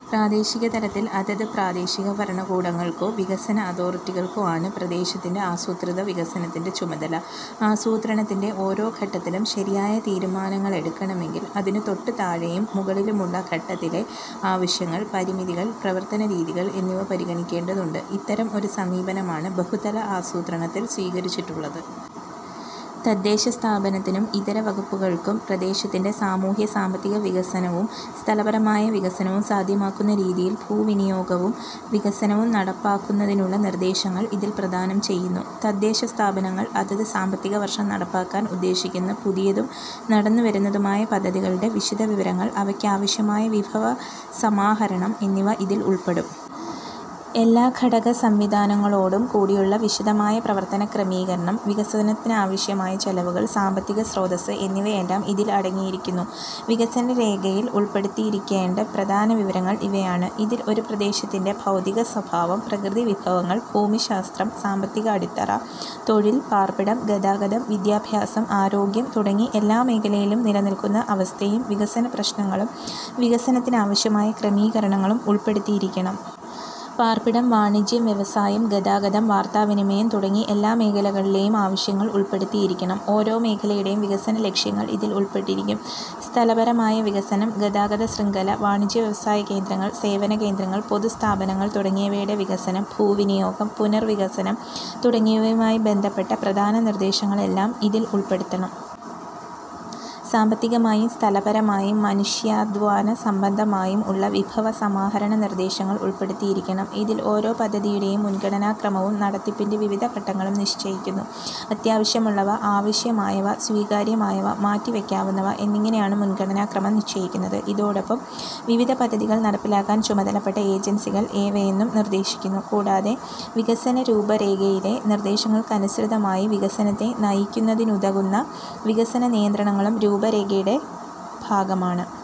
പ്രാദേശിക തലത്തിൽ അതത് പ്രാദേശിക ഭരണകൂടങ്ങൾക്കോ വികസന അതോറിറ്റികൾക്കോ ആണ് പ്രദേശത്തിന്റെ ആസൂത്രിത വികസനത്തിന്റെ ചുമതല. ആസൂത്രണത്തിന്റെ ഓരോ ഘട്ടത്തിലും ശരിയായ തീരുമാനങ്ങളെടുക്കണമെങ്കിൽ അതിന് തൊട്ടുതാഴെയും മുകളിലുമുള്ള ഘട്ടത്തിലെ ആവശ്യങ്ങൾ, പരിമിതികൾ, പ്രവർത്തന രീതികൾ എന്നിവ പരിഗണിക്കേണ്ടതുണ്ട്. ഇത്തരം ഒരു സമീപനമാണ് ബഹുതല ആസൂത്രണത്തിൽ സ്വീകരിച്ചിട്ടുള്ളത്. തദ്ദേശസ്ഥാപനത്തിനും ഇതര വകുപ്പുകൾക്കും പ്രദേശത്തിന്റെ സാമൂഹ്യ-സാമ്പത്തിക വികസനവും സ്ഥലപരമായ വികസനവും സാധ്യമാക്കുന്ന രീതിയിൽ ഭൂവിനിയോഗവും വികസനവും നടപ്പാക്കുന്നതിനുള്ള നിർദ്ദേശങ്ങൾ ഇതിൽ പ്രദാനം ചെയ്യുന്നു. തദ്ദേശസ്ഥാപനങ്ങൾ അതത് സാമ്പത്തിക വർഷം നടപ്പാക്കാൻ ഉദ്ദേശിക്കുന്ന പുതിയതും നടന്നുവരുന്നതുമായ പദ്ധതികളുടെ വിശദവിവരങ്ങൾ, അവയ്ക്കാവശ്യമായ വിഭവ സമാഹരണം എന്നിവ ഇതിൽ ഉൾപ്പെടും. എല്ലാ ഘടകസംവിധാനങ്ങളോടും കൂടിയുള്ള വിശദമായ പ്രവർത്തന ക്രമീകരണം, വികസനത്തിനാവശ്യമായ ചെലവുകൾ, സാമ്പത്തിക സ്രോതസ്സ്, എന്നിവയെല്ലാം ഇതിൽ അടങ്ങിയിരിക്കുന്നു. വികസന രേഖയിൽ ഉൾപ്പെടുത്തിയിരിക്കേണ്ട പ്രധാന വിവരങ്ങൾ ഇവയാണ്. ഇതിൽ ഒരു പ്രദേശത്തിന്റെ ഭൌതികസ്വഭാവം, പ്രകൃതിവിഭവങ്ങൾ, ഭൂമിശാസ്ത്രം, സാമ്പത്തിക അടിത്തറ, തൊഴിൽ, പാർപ്പിടം, ഗതാഗതം, വിദ്യാഭ്യാസം, ആരോഗ്യം തുടങ്ങി എല്ലാ മേഖലയിലും നിലനില്ക്കുന്ന അവസ്ഥയും വികസനപ്രശ്നങ്ങളും വികസനത്തിനാവശ്യമായ ക്രമീകരണങ്ങളും ഉൾപ്പെടുത്തിയിരിക്കണം. പാർപ്പിടം, വാണിജ്യം, വ്യവസായം, ഗതാഗതം, വാർത്താവിനിമയം തുടങ്ങി എല്ലാ മേഖലകളിലെയും ആവശ്യങ്ങൾ ഉൾപ്പെടുത്തിയിരിക്കണം. ഓരോ മേഖലയുടെയും വികസനലക്ഷ്യങ്ങൾ ഇതിൽ ഉൾപ്പെട്ടിരിക്കും. സ്ഥലപരമായ വികസനം, ഗതാഗത ശൃംഖല, വാണിജ്യ വ്യവസായ കേന്ദ്രങ്ങൾ, സേവനകേന്ദ്രങ്ങൾ, പൊതു സ്ഥാപനങ്ങൾ തുടങ്ങിയവയുടെ വികസനം; ഭൂവിനിയോഗം; പുനർവികസനം തുടങ്ങിയവയുമായി ബന്ധപ്പെട്ട പ്രധാന നിർദ്ദേശങ്ങൾ എല്ലാം ഇതിൽ ഉൾപ്പെടുത്തണം. സാമ്പത്തിമായും സ്ഥലപരമായും മനുഷ്യാധ്വാനസംബന്ധമായും ഉള്ള വിഭവ സമാഹരണനിർദ്ദേശങ്ങൾ ഉൾപ്പെടുത്തിയിരിക്കണം. ഇതിൽ ഓരോ പദ്ധതിയുടെയും മുൻഗണനാക്രമവും നടത്തിപ്പിന്റെ വിവിധ ഘട്ടങ്ങളും നിശ്ചയിക്കുന്നു. അത്യാവശ്യമുള്ളവ, ആവശ്യമായവ, സ്വീകാര്യമായവ, മാറ്റിവയ്ക്കാവുന്നവ എന്നിങ്ങനെയാണ് മുൻഗണനാ ക്രമം നിശ്ചയിക്കുന്നത്. ഇതൊടൊപ്പം വിവിധ പദ്ധതികൾ നടപ്പിലാക്കാൻ ചുമതലപ്പെട്ട ഏജൻസികൾ ഏവയെന്നും നിർദ്ദേശിക്കുന്നു. കൂടാതെ വികസനരൂപരേഖയിലെ നിർദ്ദേശങ്ങൾക്കനുസൃതമായി വികസനത്തെ നയിക്കുന്നതിനുതകുന്ന വികസന നിയന്ത്രണങ്ങളും രൂപരേഖകളുടെ ഭാഗമാണ്.